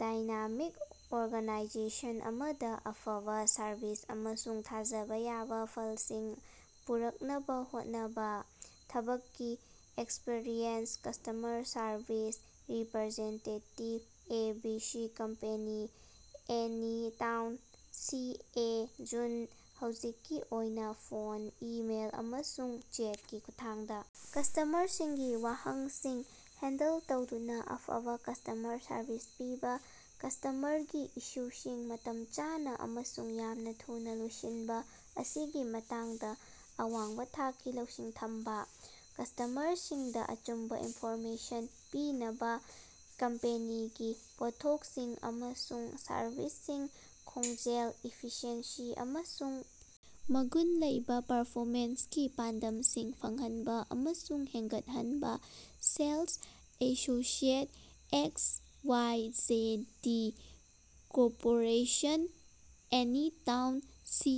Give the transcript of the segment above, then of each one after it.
Dynamic organization ꯑꯃꯗ ꯑꯐꯕ service ꯑꯃꯁꯨꯡ ꯊꯥꯖꯕ ꯌꯥꯕ ꯐꯜꯁꯤꯡ ꯄꯨꯔꯛꯅꯕ ꯍꯣꯠꯅꯕ꯫ ꯊꯕꯛꯀꯤ experience - customer service representative A B C company, Anytown, C A June – ꯍꯧꯖꯤꯛꯀꯤ ꯑꯣꯏꯅ ꯐꯣꯟ, ꯏꯃꯦꯏꯜ, ꯑꯃꯁꯨꯡ ꯆꯦꯠꯀꯤ ꯈꯨꯠꯊꯥꯡꯗ ꯀꯁ꯭ꯇꯃꯔꯁꯤꯡꯒꯤ ꯋꯥꯍꯪꯁꯤꯡ ꯍꯦꯟꯗꯜ ꯇꯧꯗꯨꯅ ꯑꯐꯕ ꯀꯁ꯭ꯇꯃꯔ ꯁꯔꯚꯤꯁ ꯄꯤꯕ ꯀꯁ꯭ꯇꯃꯔꯒꯤ ꯏꯁꯨꯁꯤꯡ ꯃꯇꯝ ꯆꯥꯅ ꯑꯃꯁꯨꯡ ꯌꯥꯝꯅ ꯊꯨꯅ ꯂꯣꯏꯁꯤꯟꯕ ꯃꯁꯤꯒꯤ ꯃꯇꯥꯡꯗ ꯑꯋꯥꯡꯕ ꯊꯥꯛꯀꯤ ꯂꯧꯁꯤꯡ ꯊꯝꯕ꯫ ꯀꯁ꯭ꯇꯃꯔꯁꯤꯡꯗ ꯑꯆꯨꯝꯕ ꯏꯟꯐꯣꯔꯃꯦꯁꯟ ꯄꯤꯅꯕ ꯀꯝꯄꯦꯅꯤꯒꯤ ꯄꯣꯠꯊꯣꯛꯁꯤꯡ ꯑꯃꯁꯨꯡ ꯁꯔꯕꯤꯁꯁꯤꯡ ꯈꯣꯡꯖꯦꯜ, ꯏꯐꯤꯁꯤꯑꯦꯟꯁꯤ, ꯑꯃꯁꯨꯡ ꯃꯒꯨꯟ ꯂꯩꯕ ꯄꯔꯐꯣꯃꯦꯟꯁꯀꯤ ꯄꯥꯟꯗꯝꯁꯤꯡ ꯐꯪꯍꯟꯕ ꯑꯃꯁꯨꯡ ꯍꯦꯟꯒꯠꯍꯟꯕ sales associate X Y J D corporation, Anytown, C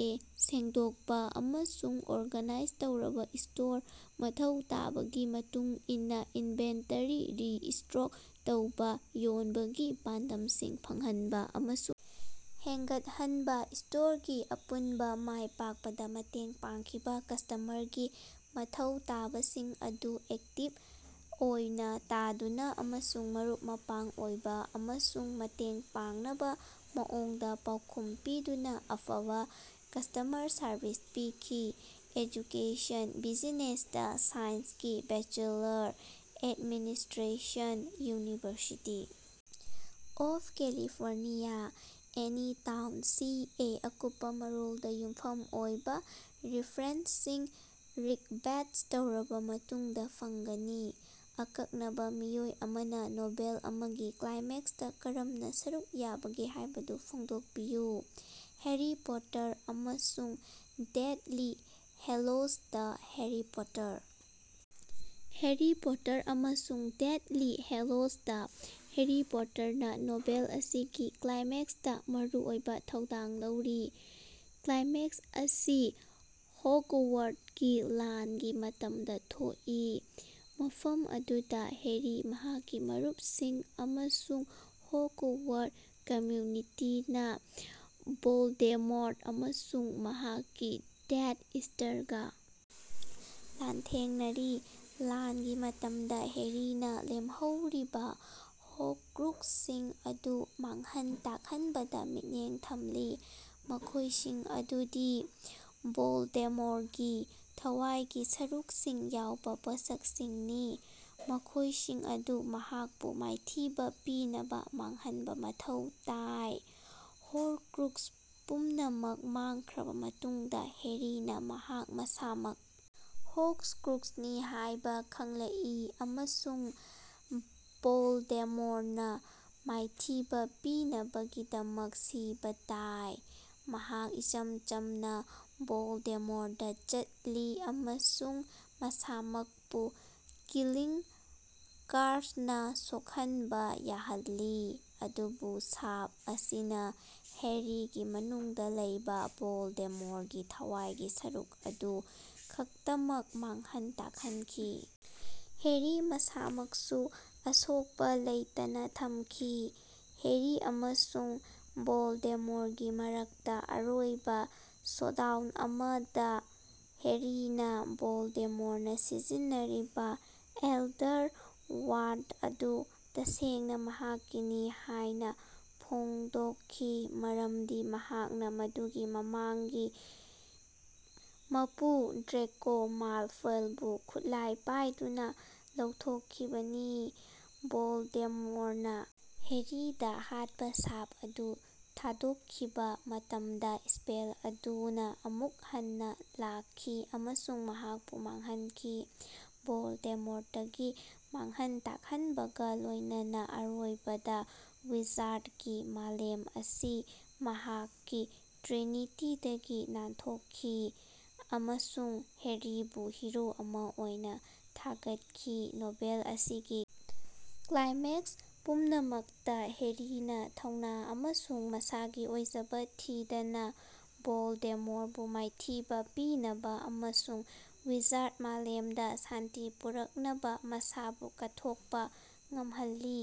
A ꯁꯦꯡꯗꯣꯛꯄ ꯑꯃꯁꯨꯡ ꯑꯣꯔꯒꯅꯥꯏꯖ ꯇꯧꯔꯕ ꯁ꯭ꯇꯣꯔ, ꯃꯊꯧ ꯇꯥꯕꯒꯤ ꯃꯇꯨꯡ ꯏꯟꯅ ꯏꯟꯚꯦꯟꯇꯔꯤ ꯔꯤꯁ꯭ꯇꯣꯛ ꯇꯧꯕ ꯌꯣꯟꯕꯒꯤ ꯄꯥꯟꯗꯝꯁꯤꯡ ꯐꯪꯍꯟꯕ ꯑꯃꯁꯨꯡ ꯍꯦꯟꯒꯠꯍꯟꯕ, ꯁ꯭ꯇꯣꯔꯒꯤ ꯑꯄꯨꯟꯕ ꯃꯥꯏꯄꯥꯛꯄꯗ ꯃꯇꯦꯡ ꯄꯥꯡꯈꯤꯕ ꯀꯁ꯭ꯇꯃꯔꯒꯤ ꯃꯊꯧ ꯇꯥꯕꯁꯤꯡ ꯑꯗꯨ ꯑꯦꯛꯇꯤꯕ ꯑꯣꯏꯅ‌ ꯇꯥꯗꯨꯅ ꯑꯃꯁꯨꯡ ꯃꯔꯨꯞ-ꯃꯄꯥꯡ ꯑꯣꯏꯕ ꯑꯃꯁꯨꯡ ꯃꯇꯦꯡ ꯄꯥꯡꯅꯕ ꯃꯑꯣꯡꯗ ꯄꯥꯎꯈꯨꯝ ꯄꯤꯗꯨꯅ ꯑꯐꯕ ꯀꯁ꯭ꯇꯃꯔ ꯁꯔꯕꯤꯁ ꯄꯤꯈꯤ ꯑꯦꯖꯨꯀꯦꯁꯟ - ꯕꯤꯖꯤꯅꯦꯁꯇꯥ ꯁꯥꯏꯟꯁꯀꯤ bachelor. Administration university of California, Anytown, C A ꯑꯀꯨꯞꯄ ꯃꯔꯣꯜꯗ ꯌꯨꯝꯐꯝ ꯑꯣꯏꯕ ꯔꯤꯐ꯭ꯔꯦꯟꯁꯁꯤꯡ ꯔꯤꯛꯕꯦꯁ꯭ꯠ ꯇꯧꯔꯕ ꯃꯇꯨꯡꯗ ꯐꯪꯒꯅꯤ꯫ ꯑꯀꯛꯅꯕ ꯃꯤꯑꯣꯏ ꯑꯃꯅ ꯅꯣꯚꯦꯜ ꯑꯃꯒꯤ ꯀ꯭ꯂꯥꯏꯃꯦꯛꯁꯇ ꯀꯔꯝꯅ ꯁꯔꯨꯛ ꯌꯥꯕꯒꯦ ꯍꯥꯏꯕꯗꯨ ꯐꯣꯡꯗꯣꯛꯄꯤꯌꯨ꯫ ꯍꯦꯔꯤ ꯄꯣꯇꯔ ꯑꯃꯁꯨꯡ ꯗꯦꯊꯂꯤ ꯍꯦꯂꯣꯁ ꯗꯥ ꯍꯦꯔꯤ ꯄꯣꯇꯔ꯫ ꯍꯦꯔꯤ ꯄꯣꯇꯔ ꯑꯃꯁꯨꯡ ꯗꯦꯊꯂꯤ ꯍꯦꯂꯣꯁ‌ ꯗꯥ ꯍꯦꯔꯤ ꯄꯣꯇꯔꯅꯥ ꯅꯣꯚꯦꯜ ꯑꯁꯤꯒꯤ ꯀ꯭ꯂꯥꯏꯃꯦꯛꯁꯇꯥ ꯃꯔꯨꯑꯣꯏꯕ ꯊꯧꯗꯥꯡ ꯂꯧꯔꯤ꯫ ꯀ꯭ꯂꯥꯏꯃꯦꯛꯁ ꯑꯁꯤ ꯍꯣꯒꯋꯥꯔꯗꯀꯤ ꯂꯥꯟꯒꯤ ꯃꯇꯝꯗ ꯊꯣꯛꯏ, ꯃꯐꯝ ꯑꯗꯨꯗ ꯍꯦꯔꯤ, ꯃꯍꯥꯛꯀꯤ ꯃꯔꯨꯄꯁꯤꯡ ꯑꯃꯁꯨꯡ ꯍꯣꯒꯋꯥꯔꯗ ꯀꯝꯃ꯭ꯌꯨꯅꯤꯇꯤꯅꯥ ꯚꯣꯜꯗꯦꯃꯣꯔꯠ ꯑꯃꯁꯨꯡ ꯃꯍꯥꯛꯀꯤ ꯗꯦꯊ ꯏꯇꯔꯒ ꯂꯥꯟꯊꯦꯡꯅꯔꯤ꯫ ꯂꯥꯟꯒꯤ ꯃꯇꯝꯗ ꯍꯦꯔꯤꯅ ꯂꯦꯝꯍꯧꯔꯤꯕ ꯍꯣꯔꯀ꯭ꯔꯨꯛꯁꯁꯤꯡ ꯑꯗꯨ ꯃꯥꯡꯍꯟ ꯇꯥꯛꯍꯟꯕꯗ ꯃꯤꯠꯌꯦꯡ ꯊꯝꯂꯤ, ꯃꯈꯣꯏꯁꯤꯡ ꯑꯗꯨꯗꯤ ꯚꯣꯜꯗꯦꯃꯣꯔꯒꯤ ꯊꯋꯥꯏꯒꯤ ꯁꯔꯨꯛꯁꯤꯡ ꯌꯥꯎꯕ ꯄꯣꯠꯁꯛꯁꯤꯡꯅꯤ, ꯃꯈꯣꯏꯁꯤꯡ ꯑꯗꯨ ꯃꯍꯥꯛꯄꯨ ꯃꯥꯏꯊꯤꯕ ꯄꯤꯅꯕ ꯃꯥꯡꯍꯟꯕ ꯃꯊꯧ ꯇꯥꯏ꯫ ꯍꯣꯔꯀ꯭ꯔꯨꯛꯁ ꯄꯨꯝꯅꯃꯛ ꯃꯥꯡꯈ꯭ꯔꯕ ꯃꯇꯨꯡꯗ, ꯍꯦꯔꯤꯅ ꯃꯍꯥꯛ ꯃꯁꯥꯃꯛ ꯍꯣꯔꯀ꯭ꯔꯨꯛꯁꯅꯤ ꯍꯥꯏꯕ ꯈꯪꯂꯛꯏ, ꯑꯃꯁꯨꯡ ꯚꯣꯜꯗꯦꯃꯣꯔꯅ ꯃꯥꯏꯊꯤꯕ ꯄꯤꯅꯕꯒꯤꯗꯃꯛ ꯁꯤꯕ ꯇꯥꯏ꯫ ꯃꯍꯥꯛ ꯏꯆꯝ ꯆꯝꯅ ꯚꯣꯜꯗꯦꯃꯣꯔꯗ ꯆꯠꯂꯤ ꯑꯃꯁꯨꯡ ꯃꯁꯥꯃꯛꯄꯨ ꯀꯤꯂꯤꯡ ꯀꯔꯁꯅꯥ ꯁꯣꯛꯍꯟꯕ ꯌꯥꯍꯜꯂꯤ꯫ ꯑꯗꯨꯕꯨ ꯁꯥꯞ ꯑꯁꯤꯅ ꯍꯦꯔꯤꯒꯤ ꯃꯅꯨꯡꯗ ꯂꯩꯕ ꯚꯣꯜꯗꯦꯃꯣꯔꯒꯤ ꯊꯋꯥꯏꯒꯤ ꯁꯔꯨꯛ ꯑꯗꯨ ꯈꯛꯇꯃꯛ ꯃꯥꯡꯍꯟ ꯇꯥꯛꯍꯟꯈꯤ, ꯍꯦꯔꯤ ꯃꯁꯥꯃꯛꯁꯨ ꯑꯁꯣꯛꯄ ꯂꯩꯇꯅ ꯊꯝꯈꯤ꯫ ꯍꯦꯔꯤ ꯑꯃꯁꯨꯡ ꯚꯣꯜꯗꯦꯃꯣꯔꯒꯤ ꯃꯔꯛꯇ ꯑꯔꯣꯏꯕ ꯁꯣꯗꯥꯎꯟ ꯑꯃꯗ ꯍꯦꯔꯤꯅ ꯚꯣꯜꯗꯦꯃꯣꯔꯅ ꯁꯤꯖꯤꯟꯅꯔꯤꯕ ꯑꯦꯜꯗꯔ ꯋꯥꯟꯗ ꯑꯗꯨ ꯇꯁꯦꯡꯅ ꯃꯍꯥꯛꯀꯤꯅꯤ ꯍꯥꯏꯅ ꯐꯣꯡꯗꯣꯠꯈꯤ ꯃꯔꯝꯗꯤ ꯃꯍꯥꯛꯅ ꯃꯗꯨꯒꯤ ꯃꯃꯥꯡꯒꯤ ꯃꯄꯨ ꯗ꯭ꯔꯦꯀꯣ ꯃꯥꯜꯐꯣꯏꯕꯨ ꯈꯨꯠꯂꯥꯏ ꯄꯥꯏꯗꯨꯅ ꯂꯧꯊꯣꯛꯈꯤꯕꯅꯤ꯫ ꯚꯣꯜꯗꯦꯃꯣꯔꯅ ꯍꯦꯔꯤꯗ ꯍꯥꯠꯄ‌ ꯁꯥꯞ ꯑꯗꯨ ꯊꯥꯗꯣꯛꯈꯤꯕ ꯃꯇꯝꯗ, ꯁ꯭ꯄꯦꯜ ꯑꯗꯨꯅ ꯑꯃꯨꯛ ꯍꯟꯅ‌ ꯂꯥꯛꯈꯤ ꯑꯃꯁꯨꯡ ꯃꯍꯥꯛꯄꯨ ꯃꯥꯡꯍꯟꯈꯤ꯫ ꯚꯣꯜꯗꯦꯃꯣꯔꯇꯀꯤ ꯃꯥꯡꯍꯟ ꯇꯥꯛꯍꯟꯕꯒ ꯂꯣꯏꯅꯅ‌ ꯑꯔꯣꯏꯕꯗ ꯋꯥꯏꯖꯥꯔꯗꯀꯤ ꯃꯥꯂꯦꯝ ꯑꯁꯤ ꯃꯍꯥꯛꯀꯤ ꯇ꯭ꯔꯤꯅꯤꯇꯤꯗꯒꯤ ꯅꯥꯟꯊꯣꯛꯈꯤ, ꯑꯃꯁꯨꯡ ꯍꯦꯔꯤꯕꯨ ꯍꯤꯔꯣ ꯑꯃ ꯑꯣꯏꯅ ꯊꯥꯒꯠꯈꯤ꯫ ꯅꯣꯚꯦꯜ ꯑꯁꯤꯒꯤ ꯀ꯭ꯂꯥꯏꯃꯦꯛꯁ ꯄꯨꯝꯅꯃꯛꯇ ꯍꯦꯔꯤꯅ ꯊꯧꯅ‌ ꯑꯃꯁꯨꯡ ꯃꯁꯥꯒꯤ ꯑꯣꯏꯖꯕ ꯊꯤꯗꯅ ꯚꯣꯜꯗꯦꯃꯣꯔꯕꯨ ꯃꯥꯏꯊꯤꯕ ꯄꯤꯅꯕ ꯑꯃꯁꯨꯡ ꯋꯥꯏꯖꯥꯔꯗ ꯃꯥꯂꯦꯝꯗ ꯁꯥꯟꯇꯤ ꯄꯨꯔꯛꯅꯕ ꯃꯁꯥꯕꯨ ꯀꯠꯊꯣꯠꯄ ꯉꯝꯍꯜꯂꯤ꯫